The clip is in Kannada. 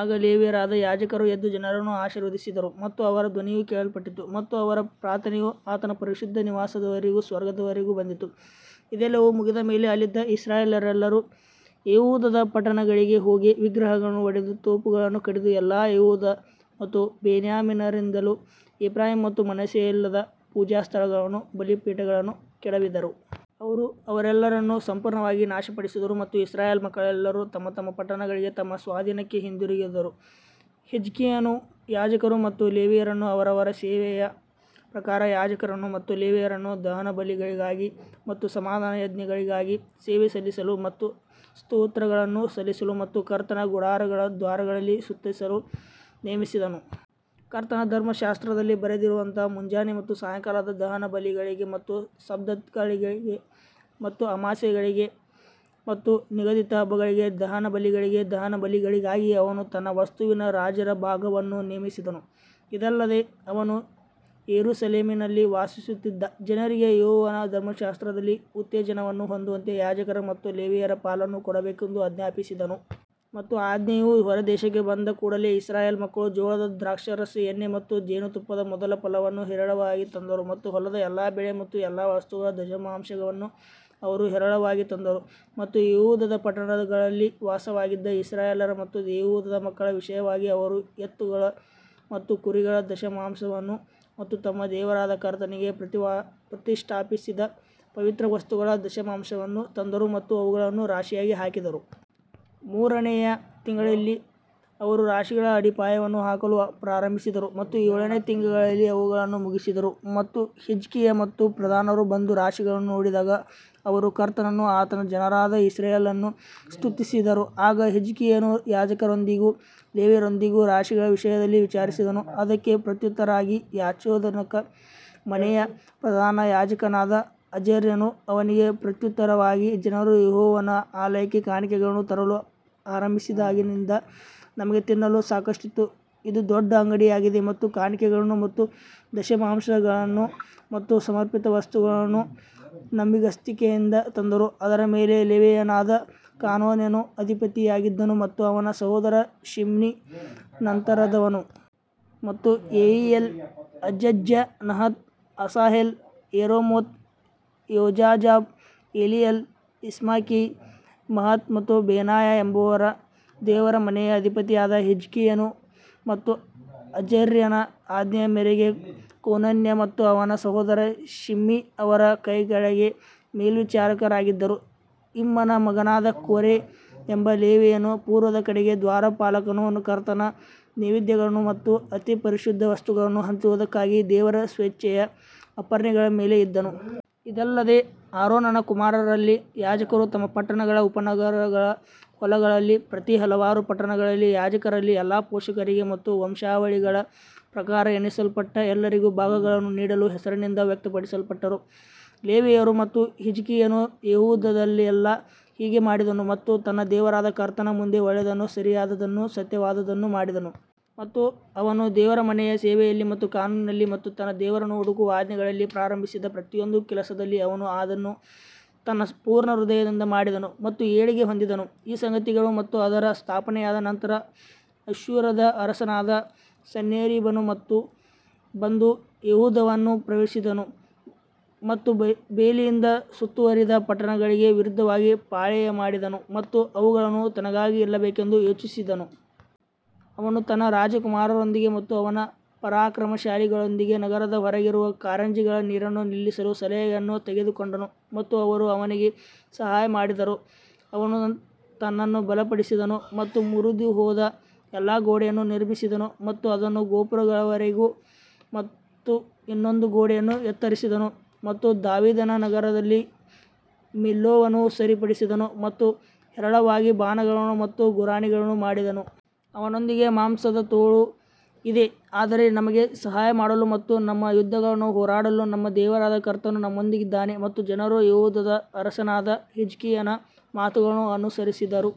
ಆಗ ಲೇವಿಯರಾದ ಯಾಜಕರು ಎದ್ದು ಜನರನ್ನು ಆಶೀರ್ವದಿಸಿದರು ಮತ್ತು ಅವರ ಧ್ವನಿಯು ಕೇಳಲ್ಪಟ್ಟಿತು ಮತ್ತು ಅವರ ಪ್ರಾರ್ಥನೆಯು ಆತನ ಪರಿಶುದ್ಧ ನಿವಾಸದವರೆಗೂ ಸ್ವರ್ಗದವರೆಗೂ ಬಂದಿತು. ಇದೆಲ್ಲವೂ ಮುಗಿದ ಮೇಲೆ ಅಲ್ಲಿದ್ದ ಇಸ್ರಾಯೇಲ್ಯರೆಲ್ಲರೂ ಯೆಹೂದದ ಪಟ್ಟಣಗಳಿಗೆ ಹೋಗಿ ವಿಗ್ರಹಗಳನ್ನು ಒಡೆದು ತೋಪುಗಳನ್ನು ಕಡಿದು ಎಲ್ಲಾ ಯೆಹೂದ ಮತ್ತು ಬೆನ್ಯಾಮಿನರಿಂದಲೂ ಎಫ್ರಾಯೀಮ್ ಮತ್ತು ಮನಸ್ಸೆಯಲ್ಲಿದ್ದ ಪೂಜಾಸ್ಥಳಗಳನ್ನೂ ಬಲಿಪೀಠಗಳನ್ನೂ ಕೆಡವಿದರು. ಅವರು ಅವರೆಲ್ಲರನ್ನೂ ಸಂಪೂರ್ಣವಾಗಿ ನಾಶಪಡಿಸಿದರು ಮತ್ತು ಇಸ್ರಾಯೇಲ್ ಮಕ್ಕಳೆಲ್ಲರೂ ತಮ್ಮ ತಮ್ಮ ಪಟ್ಟಣಗಳಿಗೆ ತಮ್ಮ ಸ್ವಾಧೀನಕ್ಕೆ ಹಿಂದಿರುಗಿದರು ಹಿಜ್ಕೀಯನು ಯಾಜಕರು ಮತ್ತು ಲೇವಿಯರನ್ನು ಅವರವರ ಸೇವೆಯ ಪ್ರಕಾರ ಯಾಜಕರನ್ನು ಮತ್ತು ಲೇವಿಯರನ್ನು ದಹನಬಲಿಗಳಿಗಾಗಿ ಮತ್ತು ಸಮಾಧಾನಯಜ್ಞಗಳಿಗಾಗಿ ಸೇವೆ ಸಲ್ಲಿಸಲು ಮತ್ತು ಸ್ತೋತ್ರಗಳನ್ನು ಸಲ್ಲಿಸಲು ಮತ್ತು ಕರ್ತನ ಗುಡಾರಗಳ ದ್ವಾರಗಳಲ್ಲಿ ಸ್ತುತಿಸಲು ನೇಮಿಸಿದನು. ಕರ್ತನ ಧರ್ಮಶಾಸ್ತ್ರದಲ್ಲಿ ಬರೆದಿರುವಂತೆ ಮುಂಜಾನೆ ಮತ್ತು ಸಾಯಂಕಾಲದ ದಹನಬಲಿಗಳಿಗೆ ಮತ್ತು ಸಬ್ಬತ್ಗಳಿಗೆ ಮತ್ತು ಅಮಾವಾಸ್ಯೆಗಳಿಗೆ ಮತ್ತು ನಿಗದಿತ ಹಬ್ಬಗಳಿಗೆ ದಹನಬಲಿಗಳಿಗೆ ದಹನಬಲಿಗಳಿಗಾಗಿ ಅವನು ತನ್ನ ವಸ್ತುವಿನ ರಾಜರ ಭಾಗವನ್ನು ನೇಮಿಸಿದನು. ಇದಲ್ಲದೆ ಅವನು ಯೆರೂಸಲೇಮಿನಲ್ಲಿ ವಾಸಿಸುತ್ತಿದ್ದ ಜನರಿಗೆ ಯೆಹೋವನ ಧರ್ಮಶಾಸ್ತ್ರದಲ್ಲಿ ಉತ್ತೇಜನವನ್ನು ಹೊಂದುವಂತೆ ಯಾಜಕರ ಮತ್ತು ಲೇವಿಯರ ಪಾಲನ್ನು ಕೊಡಬೇಕೆಂದು ಆಜ್ಞಾಪಿಸಿದನು. ಮತ್ತು ಆಜ್ಞೆಯು ಹೊರದೇಶಕ್ಕೆ ಬಂದ ಕೂಡಲೆ ಇಸ್ರಾಯೇಲ್ ಮಕ್ಕಳು ಜೋಳದ ದ್ರಾಕ್ಷಾರಸ, ಎಣ್ಣೆ ಮತ್ತು ಜೇನುತುಪ್ಪದ ಮೊದಲ ಫಲವನ್ನು ಹೇರಳವಾಗಿ ತಂದರು ಮತ್ತು ಹೊಲದ ಎಲ್ಲಾ ಬೆಳೆ ಮತ್ತು ಎಲ್ಲಾ ವಸ್ತುಗಳ ದಶಮಾಂಶವನ್ನು ಅವರು ಹೇರಳವಾಗಿ ತಂದರು. ಮತ್ತು ಯೆಹೂದದ ಪಟ್ಟಣಗಳಲ್ಲಿ ವಾಸವಾಗಿದ್ದ ಇಸ್ರಾಯೇಲ್ಯರ ಮತ್ತು ಯೆಹೂದದ ಮಕ್ಕಳ ವಿಷಯವಾಗಿ ಅವರು ಎತ್ತುಗಳು ಮತ್ತು ಕುರಿಗಳ ದಶಮಾಂಶವನ್ನು ಮತ್ತು ತಮ್ಮ ದೇವರಾದ ಕರ್ತನಿಗೆ ಪ್ರತಿಷ್ಠಾಪಿಸಿದ ಪವಿತ್ರ ವಸ್ತುಗಳ ದಶಮಾಂಶವನ್ನು ತಂದರು ಮತ್ತು ಅವುಗಳನ್ನು ರಾಶಿಯಾಗಿ ಹಾಕಿದರು. ಮೂರನೆಯ ತಿಂಗಳಲ್ಲಿ ಅವರು ರಾಶಿಗಳ ಅಡಿಪಾಯವನ್ನು ಹಾಕಲು ಪ್ರಾರಂಭಿಸಿದರು ಮತ್ತು ಏಳನೇ ತಿಂಗಳಲ್ಲಿ ಅವುಗಳನ್ನು ಮುಗಿಸಿದರು ಮತ್ತು ಹಿಜ್ಕೀಯ ಮತ್ತು ಪ್ರಧಾನರು ಬಂದು ರಾಶಿಗಳನ್ನು ನೋಡಿದಾಗ ಅವರು ಕರ್ತನನ್ನೂ ಆತನ ಜನರಾದ ಇಸ್ರಾಯೇಲನ್ನೂ ಸ್ತುತಿಸಿದರು. ಆಗ ಹಿಜ್ಕೀಯನು ಯಾಜಕರೊಂದಿಗೂ ಲೇವಿಯರೊಂದಿಗೂ ರಾಶಿಗಳ ವಿಷಯದಲ್ಲಿ ವಿಚಾರಿಸಿದನು ಅದಕ್ಕೆ ಪ್ರತ್ಯುತ್ತರವಾಗಿ ಚಾದೋಕನ ಮನೆಯ ಪ್ರಧಾನ ಯಾಜಕನಾದ ಅಜರ್ಯನು ಅವನಿಗೆ ಪ್ರತ್ಯುತ್ತರವಾಗಿ--ಜನರು ಯೆಹೋವನ ಆಲಯಕ್ಕೆ ಕಾಣಿಕೆಗಳನ್ನು ತರಲು ಆರಂಭಿಸಿದಾಗಿನಿಂದ ನಮಗೆ ತಿನ್ನಲು ಸಾಕಷ್ಟಿತ್ತು ಇದು ದೊಡ್ಡ ಅಂಗಡಿಯಾಗಿದೆ ಮತ್ತು ಕಾಣಿಕೆಗಳನ್ನು ಮತ್ತು ದಶಮಾಂಶಗಳನ್ನು ಮತ್ತು ಸಮರ್ಪಿತ ವಸ್ತುಗಳನ್ನು ನಂಬಿಗಸ್ತಿಕೆಯಿಂದ ತಂದರು, ಅದರ ಮೇಲೆ ಲೇವಿಯನಾದ ಕೊನೋನ್ಯನು ಅಧಿಪತಿಯಾಗಿದ್ದನು ಮತ್ತು ಅವನ ಸಹೋದರ ಶಿಮ್ಮಿ ನಂತರದವನು. ಮತ್ತು Jehiel, Azaziah, Nahath, Asahel, Jerimoth, Jozabad, Eliel, Ismachiah, Mahath ಮತ್ತು ಬೆನಾಯ ಎಂಬವರು ದೇವರ ಮನೆಯ ಅಧಿಪತಿಯಾದ ಹಿಜ್ಕೀಯನ ಮತ್ತು ಅಜರ್ಯನ ಆಜ್ಞೆಯ ಮೇರೆಗೆ ಕೊನೊನ್ಯ ಮತ್ತು ಅವನ ಸಹೋದರ ಶಿಮ್ಮಿ ಅವರ ಕೈಕೆಳಗೆ ಮೇಲ್ವಿಚಾರಕರಾಗಿದ್ದರು. ಇಮ್ನನ ಮಗನಾದ ಕೋರೆ ಎಂಬ ಲೇವಿಯನು ಪೂರ್ವದ ಕಡೆಗೆ ದ್ವಾರಪಾಲಕನು ಕರ್ತನ ನೈವೇದ್ಯಗಳನ್ನು ಮತ್ತು ಅತಿ ಪರಿಶುದ್ಧ ವಸ್ತುಗಳನ್ನು ಹಂಚುವದಕ್ಕಾಗಿ ದೇವರ ಸ್ವೇಚ್ಛೆಯ ಅರ್ಪಣೆಗಳ ಮೇಲೆ ಇದ್ದನು. ಇದಲ್ಲದೆ ಆರೋನನ ಕುಮಾರರಲ್ಲಿ ಯಾಜಕರು ತಮ್ಮ ಪಟ್ಟಣಗಳ ಉಪನಗರಗಳ ಹೊಲಗಳಲ್ಲಿ ಪ್ರತಿ ಹಲವಾರು ಪಟ್ಟಣಗಳಲ್ಲಿ ಯಾಜಕರಲ್ಲಿ ಎಲ್ಲಾ ಪುರುಷರಿಗೆ ಮತ್ತು ವಂಶಾವಳಿಗಳ ಪ್ರಕಾರ ಎಣಿಸಲ್ಪಟ್ಟ ಎಲ್ಲರಿಗೂ ಭಾಗಗಳನ್ನು ನೀಡಲು ಹೆಸರಿನಿಂದ ವ್ಯಕ್ತಪಡಿಸಲ್ಪಟ್ಟರು. ಲೇವಿಯರು ಮತ್ತು ಹಿಜ್ಕೀಯನು ಯೆಹೂದದಲ್ಲೆಲ್ಲಾ ಹೀಗೆ ಮಾಡಿದನು ಮತ್ತು ತನ್ನ ದೇವರಾದ ಕರ್ತನ ಮುಂದೆ ಒಳ್ಳೇದನ್ನೂ ಸರಿಯಾದದ್ದನ್ನೂ ಸತ್ಯವಾದದ್ದನ್ನೂ ಮಾಡಿದನು. ಮತ್ತು ಅವನು ದೇವರ ಮನೆಯ ಸೇವೆಯಲ್ಲಿ ಮತ್ತು ಕಾನೂನಿನಲ್ಲಿ ಮತ್ತು ತನ್ನ ದೇವರನ್ನು ಹುಡುಕುವ ಆಜ್ಞೆಗಳಲ್ಲಿ ಪ್ರಾರಂಭಿಸಿದ ಪ್ರತಿಯೊಂದು ಕೆಲಸದಲ್ಲಿ ಅವನು ಅದನ್ನು ತನ್ನ ಪೂರ್ಣ ಹೃದಯದಿಂದ ಮಾಡಿದನು ಮತ್ತು ಏಳಿಗೆ ಹೊಂದಿದ್ದನು. ಈ ಸಂಗತಿಗಳು ಮತ್ತು ಅದರ ಸ್ಥಾಪನೆಯಾದ ನಂತರ ಅಶ್ಶೂರದ ಅರಸನಾದ ಸನ್ಹೇರೀಬನು ಬಂದು ಯೆಹೂದವನ್ನು ಪ್ರವೇಶಿಸಿದನು ಮತ್ತು ಬೇಲಿಯಿಂದ ಸುತ್ತುವರಿದ ಪಟ್ಟಣಗಳಿಗೆ ವಿರುದ್ಧವಾಗಿ ಪಾಳೆಯಮಾಡಿದನು ಮತ್ತು ಅವುಗಳನ್ನು ತನಗಾಗಿ ಗೆಲ್ಲಬೇಕೆಂದು ಯೋಚಿಸಿದನು. ಅವನು ತನ್ನ ರಾಜಕುಮಾರರೊಂದಿಗೆ ಮತ್ತು ಅವನ ಪರಾಕ್ರಮಶಾಲಿಗಳೊಂದಿಗೆ ನಗರದ ಹೊರಗಿರುವ ಕಾರಂಜಿಗಳ ನೀರನ್ನು ನಿಲ್ಲಿಸಲು ಸಲಹೆಯನ್ನು ತೆಗೆದುಕೊಂಡನು ಮತ್ತು ಅವರು ಅವನಿಗೆ ಸಹಾಯ ಮಾಡಿದರು. ಅವನು ತನ್ನನ್ನು ಬಲಪಡಿಸಿದನು ಮತ್ತು ಮುರಿದುಹೋದ ಎಲ್ಲಾ ಗೋಡೆಯನ್ನು ನಿರ್ಮಿಸಿದನು ಮತ್ತು ಅದನ್ನು ಗೋಪುರಗಳವರೆಗೆ ಮತ್ತು ಇನ್ನೊಂದು ಗೋಡೆಯನ್ನು ಎತ್ತರಿಸಿದನು ಮತ್ತು ದಾವೀದನ ನಗರದಲ್ಲಿ ಮಿಲ್ಲೋವನ್ನು ಸರಿಪಡಿಸಿದನು ಮತ್ತು ಹೇರಳವಾಗಿ ಬಾಣಗಳನ್ನು ಮತ್ತು ಗುರಾಣಿಗಳನ್ನು ಮಾಡಿದನು. ಅವನೊಂದಿಗೆ ಮಾಂಸದ ತೋಳು ಇದೆ ಆದರೆ ನಮಗೆ ಸಹಾಯ ಮಾಡಲು ಮತ್ತು ನಮ್ಮ ಯುದ್ಧಗಳನ್ನು ಹೋರಾಡಲು ನಮ್ಮ ದೇವರಾದ ಕರ್ತನು ನಮ್ಮೊಂದಿಗಿದ್ದಾನೆ ಮತ್ತು ಜನರು ಯೆಹೂದದ ಅರಸನಾದ ಹಿಜ್ಕೀಯನ ಮಾತುಗಳನ್ನು ಅನುಸರಿಸಿದರು.